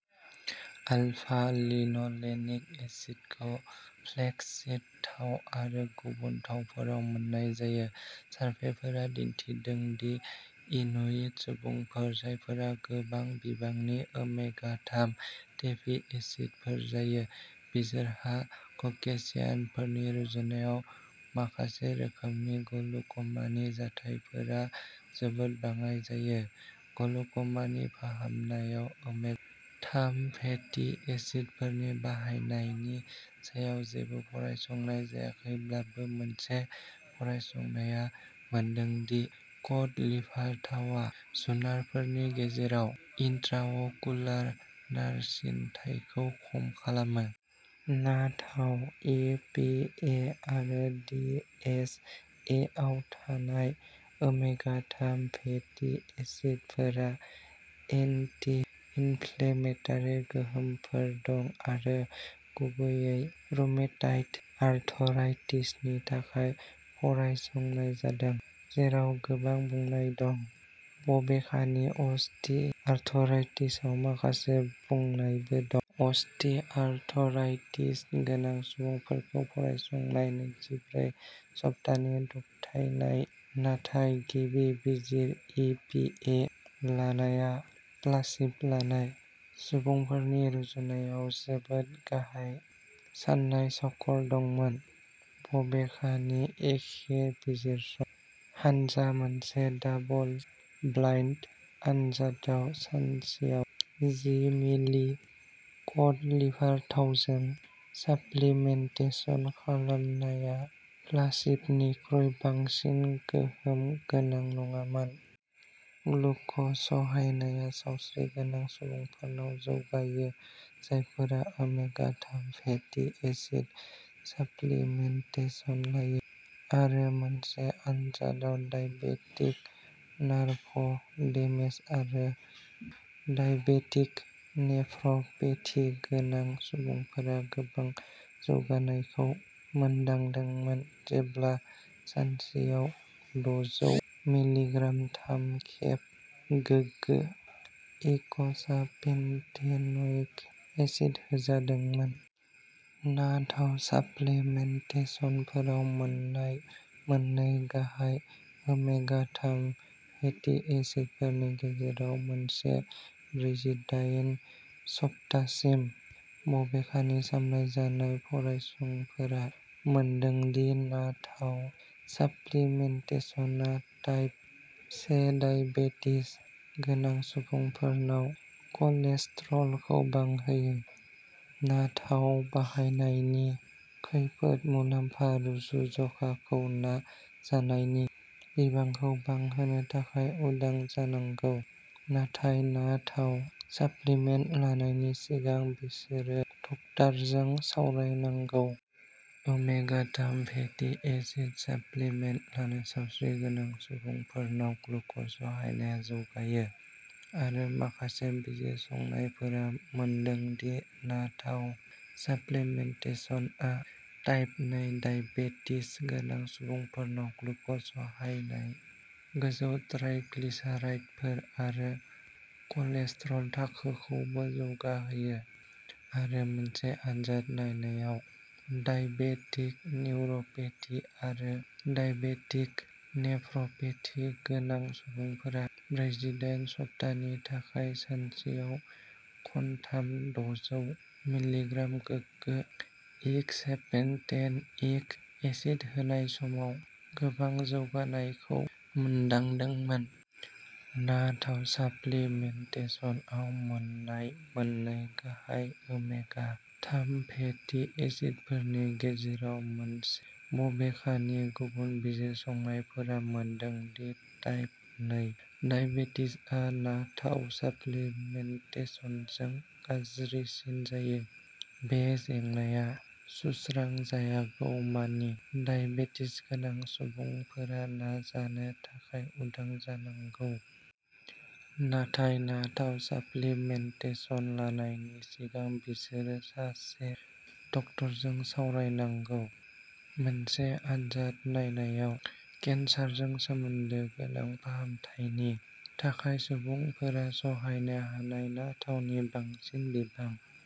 आलफा-लिन'लेनिक एसिडखौ flaxseed थाव आरो गुबुन थावफोराव मोननाय जायो। सारभेफोरा दिन्थिदों दि इनुइट सुबुंफोर, जायफोरा गोबां बिबांनि ओमेगा थाम फेटी एसिडफोर जायो, बिसोरहा ककेशियानफोरनि रुजुनायाव माखासे रोखोमनि ग्लुक'मानि जाथायफोरा जोबोद बाङाइ जायो। ग्लुक'मानि फाहामनायाव ओमेगा थाम फेटी एसिडफोरनि बाहायनायनि सायाव जेबो फरायसंनाय जायाखैब्लाबो मोनसे फरायसंनाया मोनदों दि कड लिभार थाव आ जुनारफोरनि गेजेराव इन्ट्राअकुलार नारसिनथायखौ खम खालामो। ना थाव, ई पी ए आरो डी एच एआव थानाय ओमेगा थाम फेटी एसिडफोरा एन्टि-इनफ्लेमेटरि गोहोमफोर दं आरो गुबैयै रुमेटइड आर्थराइटिसनि थाखाय फरायसंनाय जादों, जेराव गोबां बुनाय दं। बबेखानि अस्टिआर्थराइटिसआव माखासे बुनायबो दं। अस्टिआर्थराइटिस गोनां सुबुंफोरखौ फरायसंनाय नैजिब्रै सप्तानि दबथायनाय नाथाय गिबि बिजिर इ पि ए लानायआ प्लासिब' लानाय सुबुंफोरनि रुजुनायाव जोबोद गाहाय सानाय स्कर दंमोन। बबेखानि एखे बिजिरसं हानजा मोनसे डाबल-ब्लाइन्ड आन्जादआव सानसेयाव जि मिलि कड लिभार थावजों साप्लिमेन्टेसन खालामनाया प्लासिब'निख्रुइ बांसिन गोहोम गोनां नङामोन। ग्लुक'ज सहायनाया सावस्रिगोनां सुबुंफोरनाव जौगायो, जायफोरा ओमेगा थाम फेटि एसिड साप्लिमेन्टेसन लायो। आरो मोनसे आन्जादआव डायबेटिक नार्भ डेमेज आरो डायबेटिक नेफ्र'पेथि गोनां सुबुंफोरा गोबां जौगानायखौ मोनदांदोंमोन जेब्ला सानसेयाव द'जौ मिलिग्राम थाम खेब गोगो इक'सापेनटेन'इक एसिड होजादोंमोन। ना थाव साप्लिमेन्टेसनफोराव मोन्नाय मोननै गाहाय ओमेगा थाम फेटि एसिडफोरनि गेजेराव मोनसे ब्रैजिडाइन सप्तासिम। बबेखानि सामलायजानाय फरायसंफोरा मोनदों दि ना थाव साप्लिमेन्टेसनआ टाइप से डायबेटिस गोनां सुबुंफोरनाव कलेस्ट्रलखौ बांहोयो। ना थाव बाहायनायनि खैफोद-मुलाम्फा रुजुज'खाखौ ना जानायनि बिबांखौ बांहोनो थाखाय उदां जानांगौ, नाथाय ना थाव साप्लिमेन्ट लानायनि सिगां बिसोरो डाक्टारजों सावरायनांगौ। ओमेगा थाम फेटि एसिड साप्लिमेन्ट लानाय सावस्रिगोनां सुबुंफोरनाव ग्लुक'ज सहायनाया जौगायो, आरो माखासे बिजिरसंनायफोरा मोनदों दि ना थाव साप्लिमेन्टेसनआ टाइप नै डाइबेटिस गोनां सुबुंफोरनाव ग्लुक'ज सहायनाय, गोजौ ट्राइग्लिसाराइडफोर आरो कलेस्ट्रल थाखोखौबो जौगाहोयो। आरो मोनसे आन्जाद नायनायाव, डायबेटिक निउर'पेथि आरो डाइबेटिक नेफ्र'पेथि गोनां सुबुंफोरा ब्रैजिडाइन सप्तानि थाखाय सानसेयाव खनथाम द'जौ मिलिग्राम गोगो इक'सेपेन्टेएन'इक एसिड होनाय समाव गोबां जौगानायखौ मोनदांदोंमोन। ना थाव साप्लिमेन्टेसनआव मोन्नाय मोननै गाहाय ओमेगा थाम फेटि एसिडफोरनि गेजेराव मोनसे। बबेखानि गुबुन बिजिरसंनायफोरा मोनदों दि टाइप नै डाइबेटिसआ ना थाव साप्लिमेन्टेसनजों गाज्रिसिन जायो। बे जेंनाया सुस्रांजायागौमानि डाइबेटिस गोनां सुबुंफोरा ना जानो थाखाय उदां जानांगौ। नाथाय ना थाव साप्लिमेन्टेसन लानायनि सिगां बिसोरो सासे डाक्टारजों सावरायनांगौ। मोनसे आन्जाद नायनायाव केन्सारजों सोमोन्दो गोनां फाहामथायनि थाखाय सुबुंफोरा सहायनो हानाय ना थावनि बांसिन बिबां।